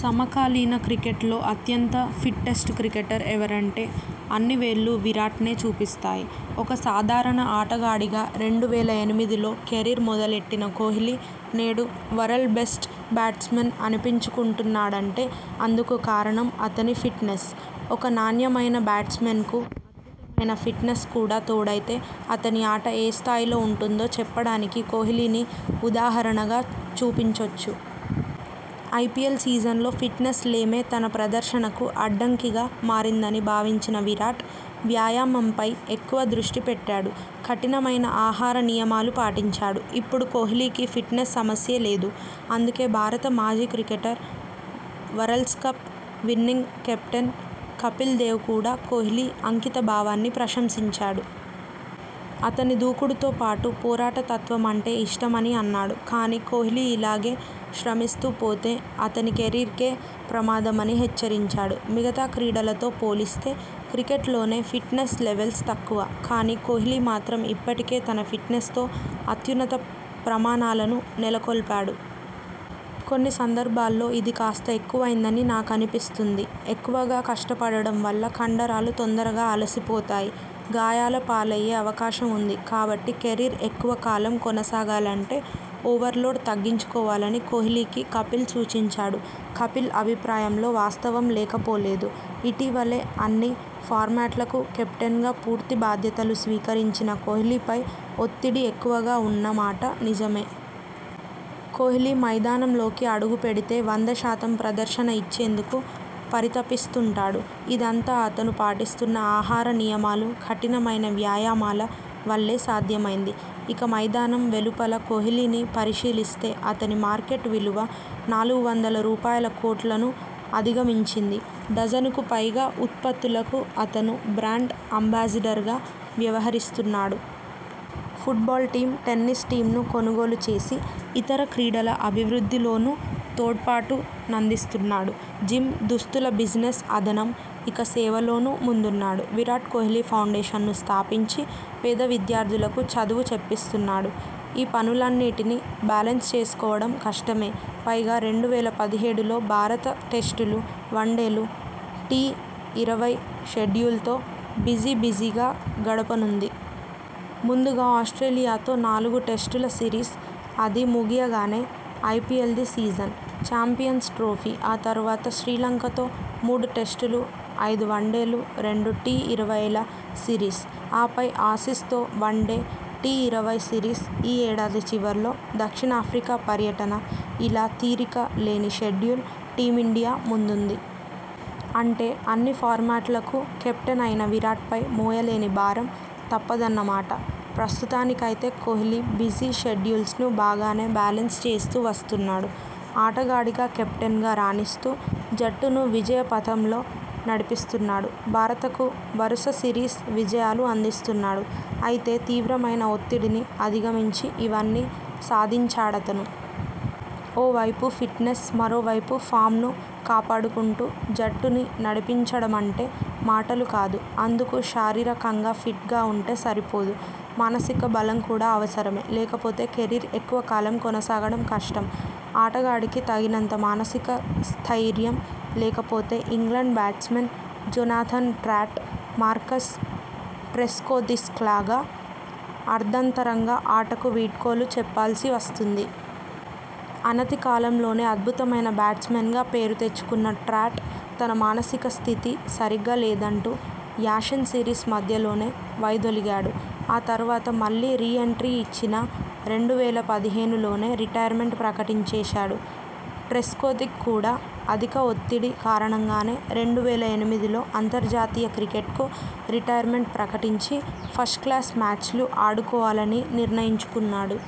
సమకాలీన క్రికెట్లో అత్యంత ఫిట్టెస్ట్ క్రికెటర్ ఎవరంటే అన్ని వేళ్లూ విరాట్నే చూపిస్తాయి! ఒక సాధారణ ఆటగాడిగా రెండు వేల ఎనిమిదిలో కెరీర్ మొదలెట్టిన కోహ్లీ నేడు వరల్డ్ బెస్ట్ బ్యాట్స్మన్ అనిపించుకుంటున్నాడంటే అందుకు కారణం అతని ఫిట్నెస్. ఒక నాణ్యమైన బ్యాట్స్మెన్కు అద్భుతమైన ఫిట్నెస్ కూడా తోడైతే అతని ఆట ఏ స్థాయిలో ఉంటుందో చెప్పడానికి కోహ్లీని ఉదాహరణగా చూపించొచ్చు. ఐపీఎల్ సీజన్లో ఫిట్నెస్ లేమే తన ప్రదర్శనకు అడ్డంకిగా మారిందని భావించిన విరాట్ వ్యాయామంపై ఎక్కువ దృష్టి పెట్టాడు. కఠినమైన ఆహార నియమాలు పాటించాడు. ఇప్పుడు కోహ్లీకి ఫిట్నెస్ సమస్యే లేదు. అందుకే భారత మాజీ cricketer, world cup winning captain Kapil Dev కూడా కోహ్లీ అంకిత భావాన్ని ప్రశంసించాడు. అతని దూకుడుతో పాటు పోరాట తత్వమంటే ఇష్టమని అన్నాడు. కానీ కోహ్లీ ఇలాగే శ్రమిస్తూ పోతే అతని కెరీర్కే ప్రమాదమని హెచ్చరించాడు. 'మిగతా క్రీడలతో పోలిస్తే క్రికెట్లోనే ఫిట్నెస్ లెవెల్స్ తక్కువ. కానీ కోహ్లీ మాత్రం ఇప్పటికే తన ఫిట్నెస్ తో అత్యున్నత ప్రమాణాలను నెలకొల్పాడు. కొన్ని సందర్భాల్లో ఇది కాస్త ఎక్కువైందని నాకనిపిస్తుంది. ఎక్కువగా కష్టపడడం వల్ల కండరాలు తొందరగా అలసిపోతాయి. గాయాల పాలయ్యే అవకాశం ఉంది. కాబట్టి కెరీర్ ఎక్కువ కాలం కొనసాగాలంటే ఓవర్లోడ్ తగ్గించుకోవాల'ని కోహ్లీకి కపిల్ సూచించాడు. కపిల్ అభిప్రాయంలో వాస్తవం లేకపోలేదు. ఇటీవలే అన్ని ఫార్మాట్లకు కెప్టెన్గా పూర్తి బాధ్యతలు స్వీకరించిన కోహ్లీ పై ఒత్తిడి ఎక్కువగా ఉన్న మాట నిజమే! కోహ్లీ మైదానం లోకి అడుగు పెడితే వంద శాతం ప్రదర్శన ఇచ్చేందుకు పరితపిస్తుంటాడు. ఇదంతా అతను పాటిస్తున్న ఆహార నియమాలు, కఠినమైన వ్యాయామాల వల్లే సాధ్యమైంది. ఇక మైదానం వెలుపల కోహ్లీని పరిశీలిస్తే అతని మార్కెట్ విలువ నాలుగు వందల రూపాయల కోట్లను అధిగమించింది. డజనుకు పైగా ఉత్పత్తులకు అతను బ్రాండ్ అంబాసిడర్గా వ్యవహరిస్తున్నాడు. ఫుట్బాల్ టీమ్, టెన్నిస్ టీమ్ను కొనుగోలు చేసి ఇతర క్రీడల అభివృద్ధిలోనూ తోడ్పాటునందిస్తున్నాడు. జిమ్, దుస్తుల బిజినెస్ అదనం. ఇక సేవలోనూ ముందున్నాడు. విరాట్ కోహ్లీ ఫౌండేషన్ ను స్థాపించి పేద విద్యార్థులకు చదువు చెప్పిస్తున్నాడు. ఈ పనులన్నిటినీ బ్యాలెన్స్ చేసుకోవడం కష్టమే. పైగా రెండు వేల పదిహేడు లో భారత టెస్టులు, వన్డేలు, టీఇరవై షెడ్యూల్తో బిజీ బిజీగా గడపనుంది. ముందుగా ఆస్ట్రేలియా తో నాలుగు టెస్టుల సిరీస్. అది ముగియగానే ఐపీఎల్ది సీజన్. Champions trophy. ఆ తర్వాత శ్రీలంకతో మూడు టెస్టులు, ఐదు వన్డేలు, రెండు టీ ఇరవైల సిరీస్. ఆపై ఆసీస్ తో వన్డే, టీ ఇరవై సిరీస్ ఈ ఏడాది చివర్లో దక్షిణాఫ్రికా పర్యటన ఇలా తీరిక లేని షెడ్యూల్ టీమిండియా ముందుంది. అంటే అన్ని ఫార్మాట్లకూ కెప్టెన్ అయిన విరాట్పై మోయలేని భారం తప్పదన్నమాట. ప్రస్తుతానికైతే కోహ్లీ బిజీ షెడ్యూల్ను బాగానే బ్యాలెన్స్ చేస్తూ వస్తున్నాడు. ఆటగాడిగా కెప్టెన్గా రాణిస్తూ జట్టును విజయ పథంలో నడిపిస్తున్నాడు. భారతకు వరుస సిరీస్ విజయాలు అందిస్తున్నాడు. అయితే తీవ్రమైన ఒత్తిడిని అధిగమించి ఇవన్నీ సాధించాడతను. ఓ వైపు ఫిట్నెస్, మరోవైపు ఫామ్ను కాపాడుకుంటూ జట్టుని నడిపించడమంటే మాటలు కాదు. అందుకు శారీరకంగా ఫిట్గా ఉంటే సరిపోదు. మానసిక బలం కూడా అవసరమే. లేకపోతే కెరీర్ ఎక్కువ కాలం కొనసాగడం కష్టం. ఆటగాడికి తగినంత మానసిక స్థయిర్యం లేకపోతే England batsman Jonathan Trott, Marcus ట్రెస్కోథిక్లాగా అర్ధంతరంగా ఆటకు వీడ్కోలు చెప్పాల్సి వస్తుంది. అనతి కాలంలోనే అద్భుతమైన బ్యాట్స్మన్గా పేరు తెచ్చుకున్న ట్రాట్ తన మానసిక స్థితి సరిగా లేదంటూ యాషెస్ సిరీస్ మధ్యలోనే వైదొలిగాడు. ఆ తర్వాత మళ్లీ రీ ఎంట్రీ ఇచ్చినా రెండు వేల పదిహేనులోనే రిటైర్మెంట్ ప్రకటించేశాడు. ట్రెస్కోథిక్ కూడా అధిక ఒత్తిడి కారణంగానే రెండు వేల ఎనిమిదిలో అంతర్జాతీయ క్రికెట్కు రిటైర్మెంట్ ప్రకటించి ఫస్ట్క్లాస్ మ్యాచ్లు ఆడుకోవాలని నిర్ణయించుకున్నాడు.